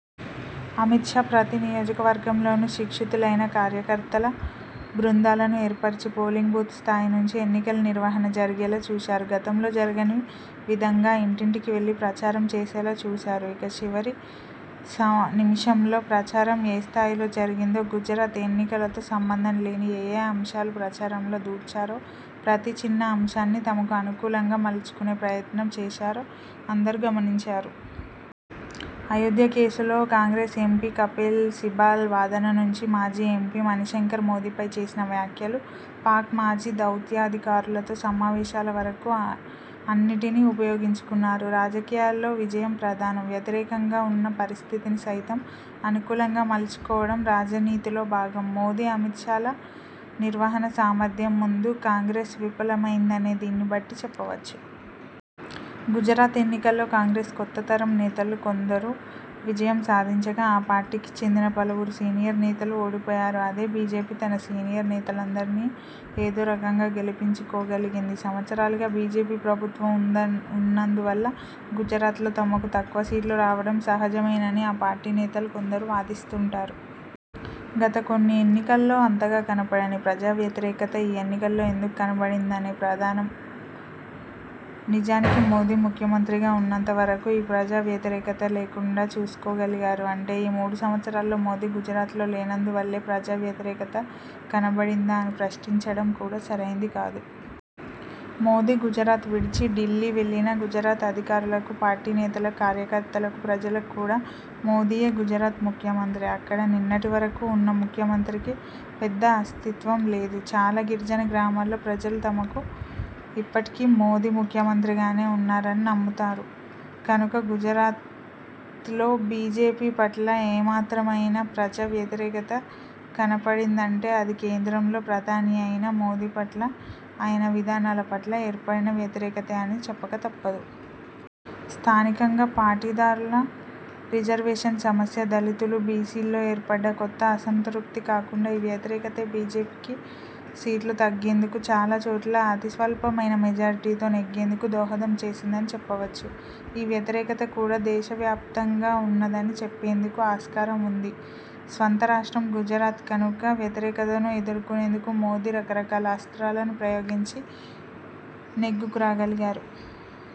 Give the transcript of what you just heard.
అమిత్ షా ప్రతి నియోజకవర్గంలోనూ శిక్షితులైన కార్యకర్తల బృందాలను ఏర్పర్చి పోలింగ్ బూత్ స్థాయి నుంచి ఎన్నికల నిర్వహణ జరిగేలా చూశారు. గతంలో జరగని విధంగా ఇంటింటికి వెళ్లి ప్రచారం చేసేలా చూశారు. ఇక చివరి నిమిషంలో ప్రచారం ఏ స్థాయిలో జరిగిందో, గుజరాత్ ఎన్నికలతో సంబంధంలేని ఏఏ అంశాలు ప్రచారంలో దూర్చారో, ప్రతి చిన్న అంశాన్నీ తమకు అనుకూలంగా మలుచుకునే ప్రయత్నం చేశారో అందరూ గమనించారు. అయోధ్య కేసులో కాంగ్రెస్ ఎంపీ కపిల్ సిబాల్ వాదన నుంచి మాజీ ఎంపీ మణిశంకర్ మోదీపై చేసిన వ్యాఖ్యలు, పాక్ మాజీ దౌత్యాధికారులతో సమావేశాల వరకూ అన్నిటినీ ఉపయోగించుకున్నారు. రాజకీయాల్లో విజయం ప్రధానం. వ్యతిరేకంగా ఉన్న పరిస్థితిని సైతం అనుకూలంగా మలుచుకోవడం రాజనీతిలో భాగం. మోదీ, అమిత్ షాల నిర్వహణ సామర్థ్యం ముందు కాంగ్రెస్ విఫలమైందనే దీన్నిబట్టి చెప్పవచ్చు. గుజరాత్ ఎన్నికల్లో కాంగ్రెస్ కొత్త తరం నేతలు కొందరు విజయం సాధించగా, ఆ పార్టీకి చెందిన పలువురు సీనియర్ నేతలు ఓడిపోయారు. అదే బీజేపీ తన సీనియర్ నేతలందరినీ ఏదో రకంగా గెలిపించుకోగలిగింది. సంవత్సరాలుగా బీజేపీ ప్రభుత్వం ఉన్నందువల్ల గుజరాత్లో తమకు తక్కువ సీట్లు రావడం సహజమేనని ఆ పార్టీ నేతలు కొందరు వాదిస్తుంటారు. కాని గత ఎన్నికల్లో అంతగా కనపడని ప్రజా వ్యతిరేకత ఈ ఎన్నికల్లో ఎందుకు కనపడిందనేదే ప్రధానం. నిజానికి మోదీ ముఖ్యమంత్రిగా ఉన్నంతవరకూ ఈ ప్రజా వ్యతిరేకత లేకుండా చేసుకోగలిగారు. అంటే ఈ మూడు సంవత్సరాల్లో మోదీ గుజరాత్లో లేనందువల్లే ప్రజా వ్యతిరేకత కనపడిందా అని ప్రశ్నించడం కూడా సరైంది కాదు. మోదీ గుజరాత్ విడిచి ఢిల్లీ వెళ్లినా గుజరాత్ అధికారులకు, పార్టీ నేతలకు, కార్యకర్తలకు, ప్రజలకు కూడా మోదీయే గుజరాత్ ముఖ్యమంత్రి. అక్కడ నిన్నటివరకూ ఉన్న ముఖ్యమంత్రికి పెద్దగా అస్తిత్వం లేదు. చాలా గిరిజన గ్రామాల్లో ప్రజలు తమకు ఇప్పటికీ మోదీ ముఖ్యమంత్రిగానే ఉన్నారని నమ్ముతారు. కనుక గుజరాత్లో బీజేపీ పట్ల ఏమాత్రమైనా ప్రజా వ్యతిరేకత కనపడిందంటే అది కేంద్రంలో ప్రధానిఅయిన మోదీ పట్ల, ఆయన విధానాల పట్ల ఏర్పడిన వ్యతిరేకతే అని చెప్పక తప్పదు. స్థానికంగా పాటీదార్ల రిజర్వేషన్ సమస్య, దళితులు, బీసీల్లో ఏర్పడ్డ కొంత అసంతృప్తి కాకుండా ఈ వ్యతిరేకతే బీజేపీకి సీట్లు తగ్గేందుకు, చాలా చోట్ల అతి స్వల్పమైన మెజారిటీతో నెగ్గేందుకు దోహదం చేసిందని చెప్పవచ్చు. ఈ వ్యతిరేకత కూడా దేశవ్యాప్తంగా ఉన్నదని చెప్పేందుకు ఆస్కారం ఉన్నది. స్వంత రాష్ట్రం గుజరాత్ కనుక వ్యతిరేకతను ఎదుర్కొనేందుకు మోదీ రకరకాల అస్త్రాలను ప్రయోగించి నెగ్గుకురాగలిగారు.